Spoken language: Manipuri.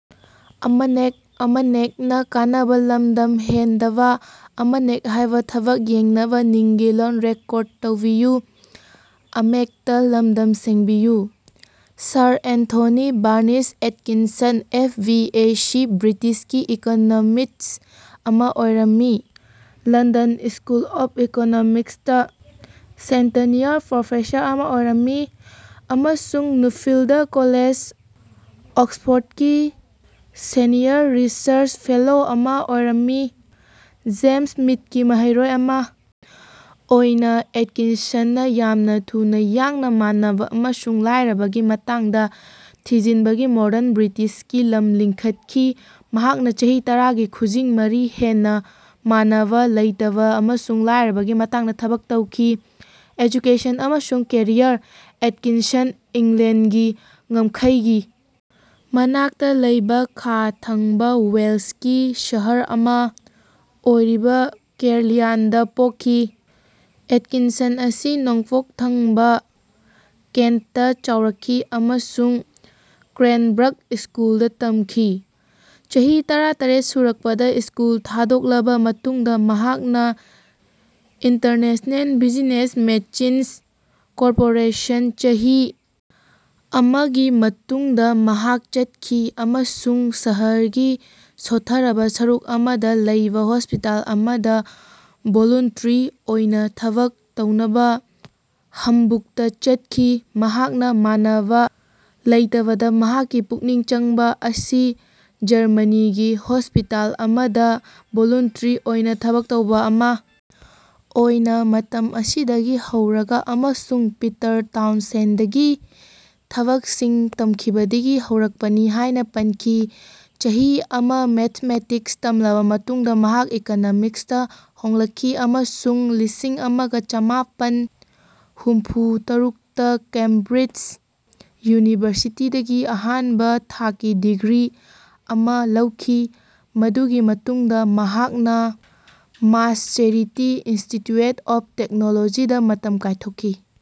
Sir Anthony Barnes Atkinson F. B. A. ꯁꯤ ꯕ꯭ꯔꯤꯇꯤꯁꯀꯤ ꯏꯀꯣꯅꯣꯃꯤꯁ꯭ꯠ ꯑꯃꯥ ꯑꯣꯏꯔꯝꯃꯤ꯫ ꯂꯟꯗꯟ ꯁ꯭ꯀꯨꯜ ꯑꯣꯐ ꯏꯀꯣꯅꯣꯃꯤꯛꯁꯇꯥ ꯁꯦꯟꯇꯅꯤꯌꯔ ꯄ꯭ꯔꯣꯐꯦꯁꯔ ꯑꯃꯥ ꯑꯣꯏꯔꯝꯃꯤ, ꯑꯃꯁꯨꯡ ꯅꯨꯐꯤꯜꯗ ꯀꯣꯂꯦꯖ, ꯑꯣꯛꯁꯐꯣꯔꯗꯀꯤ ꯁꯦꯅꯤꯌꯔ ꯔꯤꯁꯔꯆ ꯐꯦꯂꯣ ꯑꯃꯥ ꯑꯣꯏꯔꯝꯃꯤ꯫ ꯖꯦꯝꯁ ꯃꯤꯗꯀꯤ ꯃꯍꯩꯔꯣꯏ ꯑꯃꯥ ꯑꯣꯏꯅꯥ ꯑꯦꯠꯀꯤꯟꯁꯟꯅꯥ ꯌꯥꯝꯅꯥ ꯊꯨꯅ ꯌꯥꯡꯅꯥ ꯃꯥꯟꯅꯕ ꯑꯃꯁꯨꯡ ꯂꯥꯏꯔꯕꯒꯤ ꯃꯇꯥꯡꯗ ꯊꯤꯖꯤꯟꯕꯒꯤ ꯃꯣꯗꯔꯟ ꯕ꯭ꯔꯤꯇꯤꯁꯀꯤ ꯂꯝ ꯂꯤꯡꯈꯠꯈꯤ꯫ ꯃꯍꯥꯛꯅꯥ ꯆꯍꯤ ꯇꯔꯥꯒꯤ ꯈꯨꯖꯤꯡ ꯃꯔꯤ ꯍꯦꯟꯅꯥ ꯃꯥꯟꯅꯕꯥ ꯂꯩꯇꯕꯥ ꯑꯃꯁꯨꯡ ꯂꯥꯏꯔꯕꯒꯤ ꯃꯇꯥꯡꯗꯥ ꯊꯕꯛ ꯇꯧꯈꯤ꯫ ꯑꯦꯖꯨꯀꯦꯁꯟ ꯑꯃꯁꯨꯡ ꯀꯦꯔꯤꯌꯔ ꯑꯦꯠꯀꯤꯟꯁꯟ ꯏꯪꯂꯦꯟꯗꯒꯤ ꯉꯝꯈꯩꯒꯤ ꯃꯅꯥꯛꯇ ꯂꯩꯕꯥ ꯈꯥ ꯊꯪꯕꯥ ꯋꯦꯜꯁꯀꯤ ꯁꯍꯔ ꯑꯃꯥ ꯑꯣꯏꯔꯤꯕ ꯀꯦꯌꯔꯂꯤꯌꯟꯗꯥ ꯄꯣꯛꯈꯤ꯫ ꯑꯦꯠꯀꯤꯟꯁꯟ ꯑꯁꯤ ꯅꯣꯡꯄꯣꯛ ꯊꯪꯕꯥ ꯀꯦꯟꯠꯇꯥ ꯆꯥꯎꯔꯛꯈꯤ ꯑꯃꯁꯨꯡ ꯀ꯭ꯔꯦꯟꯕ꯭ꯔꯛ ꯁ꯭ꯀꯨꯜꯗꯥ ꯇꯝꯈꯤ꯫ ꯆꯍꯤ ꯇꯔꯥ ꯇꯔꯦꯠ ꯁꯨꯔꯛꯄꯗꯥ ꯁ꯭ꯀꯨꯜ ꯊꯥꯗꯣꯛꯂꯕ ꯃꯇꯨꯡꯗ ꯃꯍꯥꯛꯅꯥ ꯏꯟꯇꯔꯅꯦꯁꯟꯅꯦꯜ ꯕꯤꯖꯤꯅꯦꯁ ꯃꯦꯆꯤꯟꯁ ꯀꯣꯔꯄꯣꯔꯦꯁꯟ ꯆꯍꯤ ꯑꯃꯒꯤ ꯃꯇꯨꯡꯗ ꯃꯍꯥꯛ ꯆꯠꯈꯤ ꯑꯃꯁꯨꯡ ꯁꯍꯔꯒꯤ ꯁꯣꯠꯊꯔꯕ ꯁꯔꯨꯛ ꯑꯃꯗꯥ ꯂꯩꯕꯥ ꯍꯣꯁꯄꯤꯇꯥꯜ ꯑꯃꯗꯥ ꯚꯣꯂꯨꯟꯇꯔꯤ ꯑꯣꯏꯅꯥ ꯊꯕꯛ ꯇꯧꯅꯕꯥ ꯍꯝꯕꯨꯛꯇꯥ ꯆꯠꯈꯤ꯫ ꯃꯍꯥꯛꯅꯥ ꯃꯥꯟꯅꯕꯥ ꯂꯩꯇꯕꯗꯥ ꯃꯍꯥꯛꯀꯤ ꯄꯨꯛꯅꯤꯡ ꯆꯪꯕ ꯑꯁꯤ ꯖꯔꯃꯅꯤꯒꯤ ꯍꯣꯁꯄꯤꯇꯥꯜ ꯑꯃꯗꯥ ꯚꯣꯂꯨꯟꯇꯔꯤ ꯑꯣꯏꯅꯥ ꯊꯕꯛ ꯇꯧꯕ ꯑꯃꯥ ꯑꯣꯏꯅꯥ ꯃꯇꯝ ꯑꯁꯤꯗꯒꯤ ꯍꯧꯔꯒꯥ ꯑꯃꯁꯨꯡ ꯄꯤꯇꯔ ꯇꯥꯎꯟꯁꯦꯟꯗꯒꯤ ꯊꯕꯛꯁꯤꯡ ꯇꯝꯈꯤꯕꯗꯒꯤ ꯍꯧꯔꯛꯄꯅꯤ ꯍꯥꯏꯅꯥ ꯄꯟꯈꯤ꯫ ꯆꯍꯤ ꯑꯃꯥ ꯃꯦꯊꯃꯦꯇꯤꯛꯁ ꯇꯝꯂꯕ ꯃꯇꯨꯡꯗ ꯃꯍꯥꯛ ꯏꯀꯣꯅꯣꯃꯤꯛꯁꯇꯥ ꯍꯣꯡꯂꯛꯈꯤ ꯑꯃꯁꯨꯡ ꯂꯤꯁꯤꯡ ꯑꯃ ꯆꯃꯥꯄꯟ ꯍꯨꯝꯐꯨ ꯇꯔꯨꯛꯇ ꯀꯦꯝꯕ꯭ꯔꯤꯖ ꯌꯨꯅꯤꯚꯔꯁꯤꯇꯤꯗꯒꯤ ꯑꯍꯥꯟꯕꯥ ꯊꯥꯛꯀꯤ ꯗꯤꯒ꯭ꯔꯤ ꯑꯃꯥ ꯂꯧꯈꯤ꯫ ꯃꯗꯨꯒꯤ ꯃꯇꯨꯡꯗ ꯃꯍꯥꯛꯅꯥ ꯃꯥꯁꯆꯦꯔꯤꯇꯤ ꯏꯟꯁꯇꯤꯇ꯭ꯌꯦꯠ ꯑꯣꯐ ꯇꯦꯛꯅꯣꯂꯣꯖꯤꯗꯥ ꯃꯇꯝ ꯀꯥꯏꯊꯣꯛꯈꯤ꯫